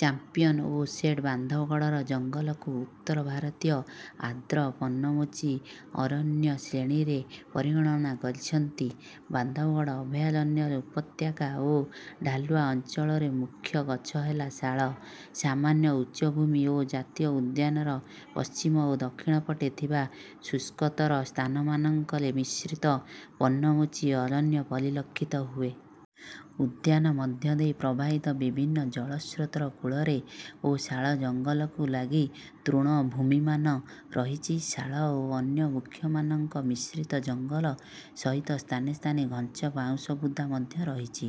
ଚାମ୍ପ୍ୟନ୍ ଓ ସେଠ ବାନ୍ଧବଗଡ଼ର ଜଙ୍ଗଲକୁ ଉତ୍ତର ଭାରତୀୟ ଆର୍ଦ୍ର ପର୍ଣ୍ଣମୋଚୀ ଅରଣ୍ୟ ଶ୍ରେଣୀରେ ପରିଗଣନା କରିଛନ୍ତି। ବାନ୍ଧବଗଡ଼ ଅଭୟାରଣ୍ୟର ଉପତ୍ୟକା ଓ ଢାଲୁଆ ଅଞ୍ଚଳରେ ମୁଖ୍ୟ ଗଛ ହେଲା ଶାଳ। ସାମାନ୍ୟ ଉଚ୍ଚ ଭୂମି ଓ ଜାତୀୟ ଉଦ୍ୟାନର ପଶ୍ଚିମ ଓ ଦକ୍ଷିଣ ପଟେ ଥିବା ଶୁଷ୍କତର ସ୍ଥାନମାନଙ୍କରେ ମିଶ୍ରିତ ପର୍ଣ୍ଣମୋଚୀ ଅରଣ୍ୟ ପରିଲକ୍ଷିତ ହୁଏ। ଉଦ୍ୟାନ ମଧ୍ୟ ଦେଇ ପ୍ରବାହିତ ବିଭିନ୍ନ ଜଳସ୍ରୋତର କୂଳରେ ଓ ଶାଳ ଜଙ୍ଗଲକୁ ଲାଗି ତୃଣଭୂମିମାନ ରହିଛି। ଶାଳ ଓ ଅନ୍ୟ ବୃକ୍ଷମାନଙ୍କ ମିଶ୍ରିତ ଜଙ୍ଗଲ ସହିତ ସ୍ଥାନେ ସ୍ଥାନେ ଘଞ୍ଚ ବାଉଁଶ ବୁଦା ମଧ୍ୟ ରହିଛି।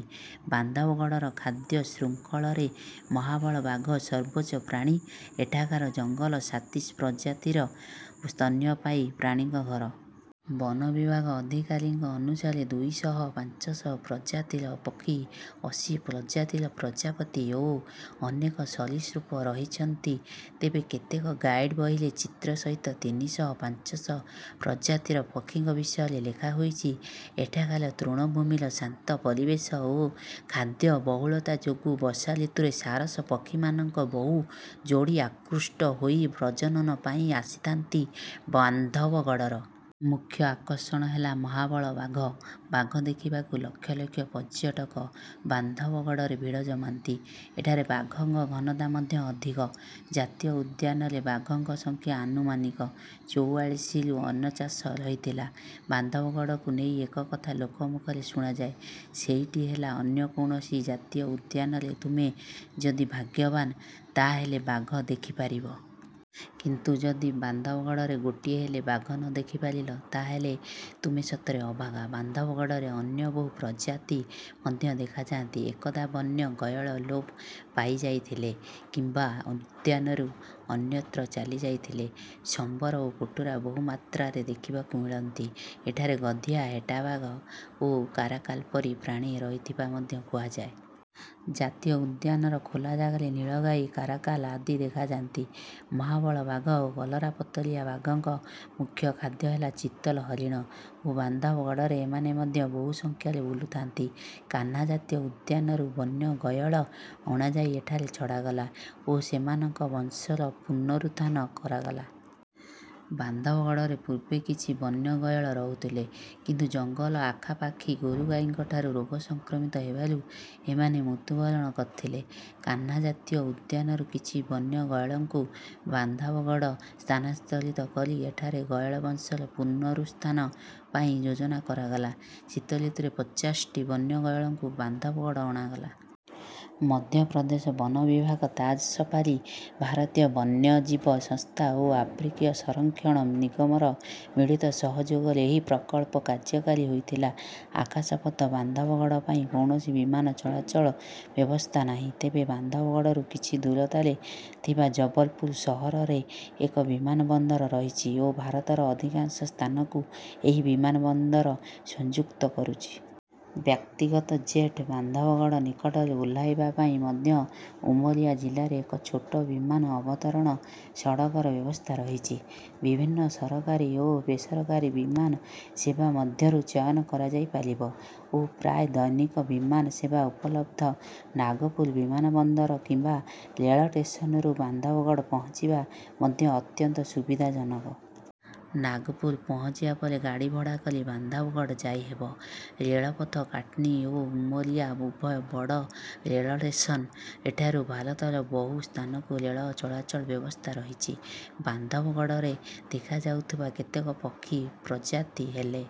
ବାନ୍ଧବଗଡ଼ର ଖାଦ୍ୟଶୃଙ୍ଖଳରେ ମହାବଳ ବାଘ ସର୍ବୋଚ୍ଚ ପ୍ରାଣୀ। ଏଠାକାର ଜଙ୍ଗଲ ସାତିଶ ପ୍ରଜାତିର ସ୍ତନ୍ୟପାୟୀ ପ୍ରାଣୀଙ୍କ ଘର। ବନ ବିଭାଗ ଅଧିକାରୀଙ୍କ ଅନୁସାରେ ଦୁଇ ଶହ ପାଞ୍ଚଶ ପ୍ରଜାତିର ପକ୍ଷୀ, ଅଶୀ ପ୍ରଜାତିର ପ୍ରଜାପତି ଓ ଅନେକ ସରୀସୃପ ରହିଛନ୍ତି। ତେବେ କେତେକ ଗାଇଡ୍ ବହିରେ ଚିତ୍ର ସହିତ ତିନି ଶହ ପାଞ୍ଚଶ ପ୍ରଜାତିର ପକ୍ଷୀଙ୍କ ବିଷୟରେ ଲେଖା ହୋଇଛି। ଏଠାକାର ତୃଣଭୂମିର ଶାନ୍ତ ପରିବେଶ ଓ ଖାଦ୍ୟ ବହୁଳତା ଯୋଗୁଁ ବର୍ଷାଋତୁରେ ସାରସ ପକ୍ଷୀମାନଙ୍କ ବହୁ ଯୋଡ଼ି ଆକୃଷ୍ଟ ହୋଇ ପ୍ରଜନନ ପାଇଁ ଆସିଥାନ୍ତି। ବାନ୍ଧବଗଡ଼ର ମୁଖ୍ୟ ଆକର୍ଷଣ ହେଲା ମହାବଳ ବାଘ। ବାଘ ଦେଖିବାକୁ ଲକ୍ଷ ଲକ୍ଷ ପର୍ଯ୍ୟଟକ ବାନ୍ଧବଗଡ଼ରେ ଭିଡ଼ ଜମାନ୍ତି। ଏଠାରେ ବାଘଙ୍କ ଘନତା ମଧ୍ୟ ଅଧିକ। ଜାତୀୟ ଉଦ୍ୟାନରେ ବାଘଙ୍କ ସଂଖ୍ୟା ଆନୁମାନିକ ଚୌଆଳିଶିରୁ ଅନଚାଶ ରହିଥିଲା। ବାନ୍ଧବଗଡ଼କୁ ନେଇ ଏକ କଥା ଲୋକମୁଖରେ ଶୁଣାଯାଏ। ସେଇଟି ହେଲା ଅନ୍ୟ କୌଣସି ଜାତୀୟ ଉଦ୍ୟାନରେ ତୁମେ ଯଦି ଭାଗ୍ୟବାନ୍, ତା'ହେଲେ ବାଘ ଦେଖିପାରିବ। କିନ୍ତୁ ଯଦି ବାନ୍ଧବଗଡ଼ରେ ଗୋଟିଏ ହେଲେ ବାଘ ନ ଦେଖିପାରିଲ, ତା'ହେଲେ ତୁମେ ସତରେ ଅଭାଗା। ବାନ୍ଧବଗଡ଼ରେ ଅନ୍ୟ ବହୁ ପ୍ରଜାତି ମଧ୍ୟ ଦେଖାଯାନ୍ତି। ଏକଦା ବନ୍ୟ ଗୟଳ ଲୋପ ପାଇଯାଇଥିଲେ କିମ୍ବା ଉଦ୍ୟାନରୁ ଅନ୍ୟତ୍ର ଚାଲିଯାଇଥିଲେ। ସମ୍ବର ଓ କୁଟୁରା ବହୁମାତ୍ରାରେ ଦେଖିବାକୁ ମିଳନ୍ତି। ଏଠାରେ ଗଧିଆ, ହେଟା ବାଘ ଓ କାରାକାଲ୍ ପରି ପ୍ରାଣୀ ରହିଥିବା ମଧ୍ୟ କୁହାଯାଏ। ଜାତୀୟ ଉଦ୍ୟାନର ଖୋଲା ଜାଗାରେ ନୀଳଗାଈ, କାରାକାଲ୍ ଆଦି ଦେଖାଯାନ୍ତି। ମହାବଳ ବାଘ ଓ କଲରାପତରିଆ ବାଘଙ୍କ ମୁଖ୍ୟ ଖାଦ୍ୟ ହେଲା ଚିତଲ୍ ହରିଣ ଓ ବାନ୍ଧବଗଡ଼ରେ ଏମାନେ ମଧ୍ୟ ବହୁ ସଂଖ୍ୟାରେ ବୁଲୁଥାନ୍ତି। କାହ୍ନା ଜାତୀୟ ଉଦ୍ୟାନରୁ ବନ୍ୟ ଗୟଳ ଅଣାଯାଇ ଏଠାରେ ଛଡ଼ାଗଲା ଓ ସେମାନଙ୍କ ବଂଶର ପୁନରୁତ୍ଥାନ କରାଗଲା। ବାନ୍ଧବଗଡ଼ରେ ପୂର୍ବେ କିଛି ବନ୍ୟ ଗୟଳ ରହୁଥିଲେ। କିନ୍ତୁ ଜଙ୍ଗଲ ଆଖାପାଖି ଗୋରୁଗାଈଙ୍କଠାରୁ ରୋଗ ସଂକ୍ରମିତ ହେବାରୁ ଏମାନେ ମୃତ୍ୟୁବରଣ କରିଥିଲେ। କାହ୍ନା ଜାତୀୟ ଉଦ୍ୟାନରୁ କିଛି ବନ୍ୟ ଗୟଳଙ୍କୁ ବାନ୍ଧବଗଡ଼ ସ୍ଥାନାନ୍ତରିତ କରି ଏଠାରେ ଗୟଳ ବଂଶର ପୁନରୁତ୍ଥାନ ପାଇଁ ଯୋଜନା କରାଗଲା। ଶୀତଋତୁରେ ପଚାଶଟି ବନ୍ୟ ଗୟଳଙ୍କୁ ବାନ୍ଧବଗଡ଼ ଅଣାଗଲା। ମଧ୍ୟପ୍ରଦେଶ ବନ ବିଭାଗ, ତାଜ ସଫାରୀ, ଭାରତୀୟ ବନ୍ୟଜୀବ ସଂସ୍ଥା ଓ ଆଫ୍ରିକୀୟ ସଂରକ୍ଷଣ ନିଗମର ମିଳିତ ସହଯୋଗରେ ଏହି ପ୍ରକଳ୍ପ କାର୍ଯ୍ୟକାରୀ ହୋଇଥିଲା। ଆକାଶପଥ ବାନ୍ଧବଗଡ଼ ପାଇଁ କୌଣସି ବିମାନ ଚଳାଚଳ ବ୍ୟବସ୍ଥା ନାହିଁ। ତେବେ ବାନ୍ଧବଗଡ଼ରୁ କିଛି ଦୂରତାରେ ଥିବା ଜବଲପୁର ସହରରେ ଏକ ବିମାନବନ୍ଦର ରହିଛି ଓ ଭାରତର ଅଧିକାଂଶ ସ୍ଥାନକୁ ଏହି ବିମାନବନ୍ଦର ସଂଯୁକ୍ତ କରୁଛି। ବ୍ୟକ୍ତିଗତ ଜେଟ୍ ବାନ୍ଧବଗଡ଼ ନିକଟରେ ଓହ୍ଲାଇବା ପାଇଁ ମଧ୍ୟ ଉମରିଆ ଜିଲ୍ଲାରେ ଏକ ଛୋଟ ବିମାନ ଅବତରଣ ସଡ଼କର ବ୍ୟବସ୍ଥା ରହିଛି। ବିଭିନ୍ନ ସରକାରୀ ଓ ବେସରକାରୀ ବିମାନ ସେବା ମଧ୍ୟରୁ ଚୟନ କରାଯାଇପାରିବ ଓ ପ୍ରାୟ ଦୈନିକ ବିମାନ ସେବା ଉପଲବ୍ଧ। ନାଗପୁର ବିମାନବନ୍ଦର କିମ୍ବା ରେଳ ଷ୍ଟେସନରୁ ବାନ୍ଧବଗଡ଼ ପହଞ୍ଚିବା ମଧ୍ୟ ଅତ୍ୟନ୍ତ ସୁବିଧାଜନକ। ନାଗପୁର ପହଞ୍ଚିବା ପରେ ଗାଡ଼ି ଭଡ଼ା କରି ବାନ୍ଧବଗଡ଼ ଯାଇହେବ। ରେଳପଥ କାଟ୍ନି ଓ ଉମରିଆ ଉଭୟ ବଡ଼ ରେଳ ଷ୍ଟେସନ୍। ଏଠାରୁ ଭାରତର ବହୁ ସ୍ଥାନକୁ ରେଳ ଚଳାଚଳ ବ୍ୟବସ୍ଥା ରହିଛି। ବାନ୍ଧବଗଡ଼ରେ ଦେଖାଯାଉଥିବା କେତେକ ପକ୍ଷୀ ପ୍ରଜାତି ହେଲେ: